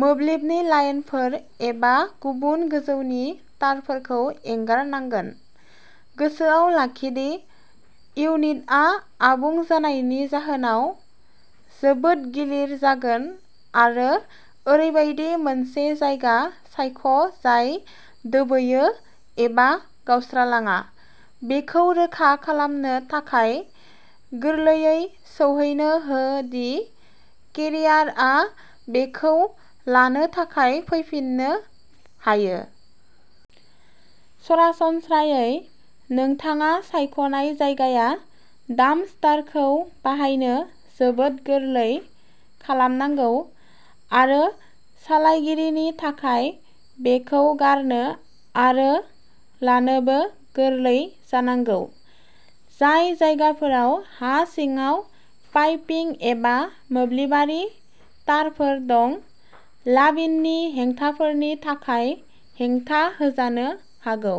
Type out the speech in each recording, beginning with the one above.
मोब्लिबनि लाइनफोर एबा गुबुन गोजौनि तारफोरखौ एंगारनांगोन। गोसोआव लाखि दि इउनिटआ आबुं जानायनि जाहोनाव जोबोद गिलिर जागोन आरो ओरैबायदि मोनसे जायगा सायख'जाय दोबैयो एबा गावस्रालाङा। बेखौ रोखा खालामनो थाखाय गोरलैयै सौहैनो हो दि केरियारआ बेखौ लानो थाखाय फैफिननो हायो। सरासनस्रायै, नोंथाङा सायख'नाय जायगाया डाम्पस्टारखौ बाहायनो जोबोद गोरलै खालामनांगौ आरो सालायगिरिनि थाखाय बेखौ गारनो आरो लानोबो गोरलै जानांगौ। जाय जायगाफोराव हा सिङाव पाइपिं एबा मोब्लिबारि तारफोर दं, लाविननि हेंथाफोरनि थाखाय हेंथा होजानो हागौ।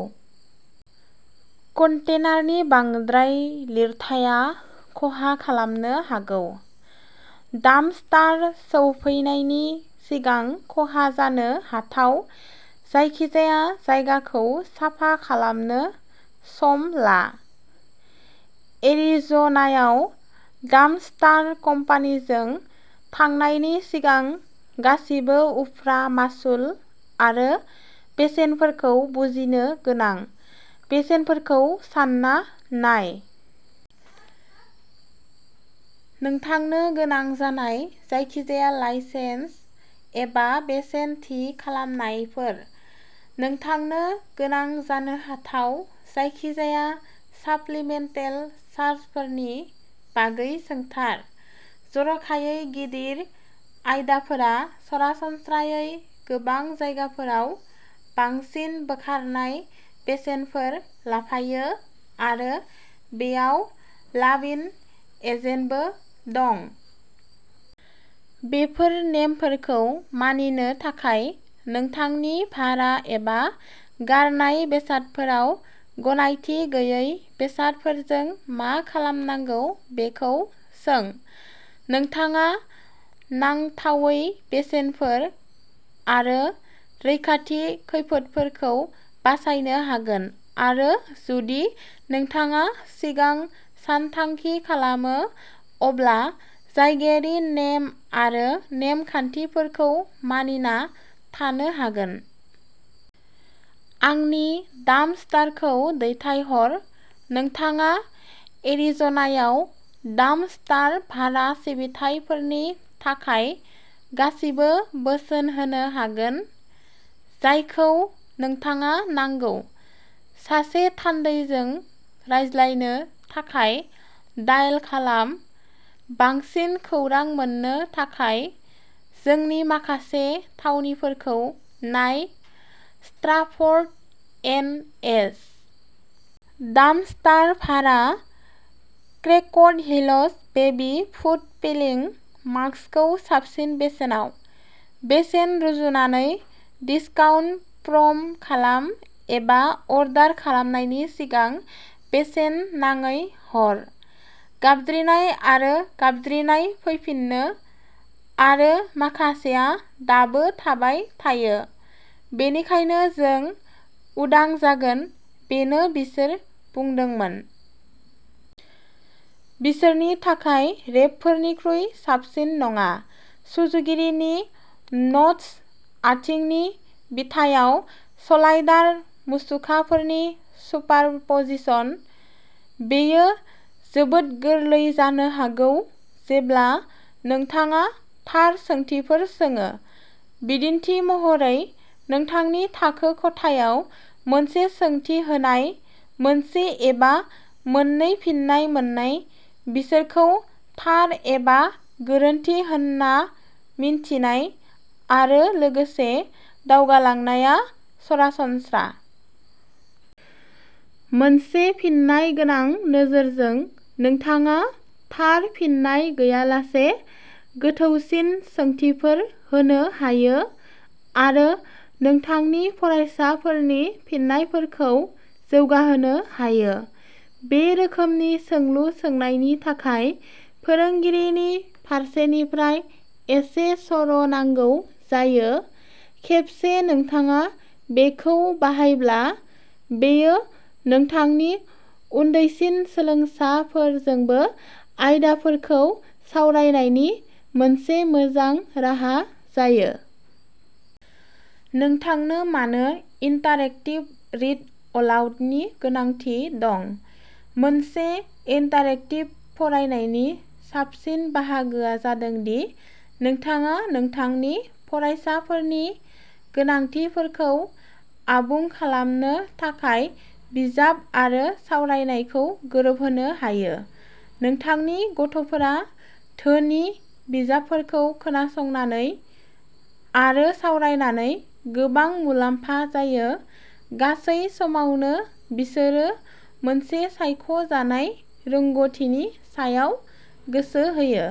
कन्टेनारनि बांद्राय लिरथाया खहा खालामनो हागौ। डाम्पस्टार सौफैनायनि सिगां खहा जानो हाथाव जायखिजाया जायगाखौ साफा खालामनो सम ला। एरिज'नायाव डाम्पस्टार कम्पानिजों थांनायनि सिगां गासिबो उफ्रा मासुल आरो बेसेनफोरखौ बुजिनो गोनां। बेसेनफोरखौ सानना नाय। नोंथांनो गोनां जानाय जायखिजाया लाइसेन्स एबा बेसेन थि खालामनायफोर। नोंथांनो गोनां जानो हाथाव जायखिजाया साप्लिमेन्टेल चार्जफोरनि बागै सोंथार। जर'खायै गिदिर आयदाफोरा सरासनस्रायै गोबां जायगाफोराव बांसिन बोखारनाय बेसेनफोर लाफायो, आरो बेयाव लाविन, एजेडबो दं। बेफोर नेमफोरखौ मानिनो थाखाय, नोंथांनि भारा एबा गारनाय बेसादफोराव गनायथि गैयै बेसादफोरजों मा खालामनांगौ बेखौ सों। नोंथाङा नांथावै बेसेनफोर आरो रैखाथि खैफोदफोरखौ बासायनो हागोन, आरो जुदि नोंथाङा सिगां सानथांखि खालामो अब्ला जायगायारि नेम आरो नेमखान्थिफोरखौ मानिना थानो हागोन। आंनि डाम्पस्टारखौ दैथायहर, नोंथाङा एरिज'नायाव डाम्पस्टार भारा सिबिथाइफोरनि थाखाय गासिबो बोसोन होनो हागोन, जायखौ नोंथाङा नांगौ। सासे थान्दैजों रायज्लायनो थाखाय डायेल खालाम। बांसिन खौरां मोननो थाखाय, जोंनि माखासे थावनिफोरखौ नाय स्ट्राफर्ड, एन. एच. डाम्पस्टार भारा। Cracked heels baby foot peeling मास्कखौ साबसिन बेसेनाव? बेसेन रुजुनानै, डिस्काउन्ट प्र'म खालाम, एबा अर्डार खालामनायनि सिगां बेसेन नाङै हर। गाबज्रिनाय आरो गाबज्रिनाय फैफिनो। आरो माखासेआ दाबो थाबाय थायो। बेनिखायनो जों उदां जागोन, बेनो बिसोर बुंदोंमोन। बिसोरनि थाखाय रेबफोरनिख्रुइ साबसिन नङा। सुजुगिरिनि न'टस आथिंनि बिथायाव स'लाइडार मुसुखाफोरनि सुपारप'जिसन। बेयो जोबोद गोरलै जानो हागौ जेब्ला नोंथाङा थार सोंथिफोर सोङो। बिदिन्थि महरै नोंथांनि थाखो खथायाव मोनसे सोंथि होनाय, मोनसे एबा मोननै फिननाय मोननाय बिसोरखौ थार एबा गोरोन्थि होन्ना मिन्थिनाय आरो लोगोसे दावगालांनाया सरासनस्रा। मोनसे फिननायगोनां नोजोरजों, नोंथाङा "थार" फिननाय गैयालासे गोथौसिन सोंथिफोर होनो हायो आरो नोंथांनि फरायसाफोरनि फिननायफोरखौ जौगाहोनो हायो। बे रोखोमनि सोंलु सोंनायनि थाखाय फोरोंगिरिनि फारसेनिफ्राय एसे सर' नांगौ जायो। खेबसे नोंथाङा बेखौ बाहायब्ला, बेयो नोंथांनि उन्दैसिन सोलोंसाफोरजोंबो आयदाफोरखौ सावरायनायनि मोनसे मोजां राहा जायो। नोंथांनो मानो इन्टारएक्टिभ रिड अलाउडनि गोनांथि दं? मोनसे इन्टारेक्टिभ फरायनायनि साबसिन बाहागोआ जादों दि नोंथाङा नोंथांनि फरायसाफोरनि गोनांथिफोरखौ आबुं खालामनो थाखाय बिजाब आरो सावरायनायखौ गोरोबहोनो हायो। नोंथांनि गथ'फोरा धोनि बिजाबफोरखौ खोनासंनानै आरो सावरायनानै गोबां मुलाम्फा जायो। गासै समावनो बिसोरो मोनसे सायख'जानाय रोंग'थिनि सायाव गोसो होयो।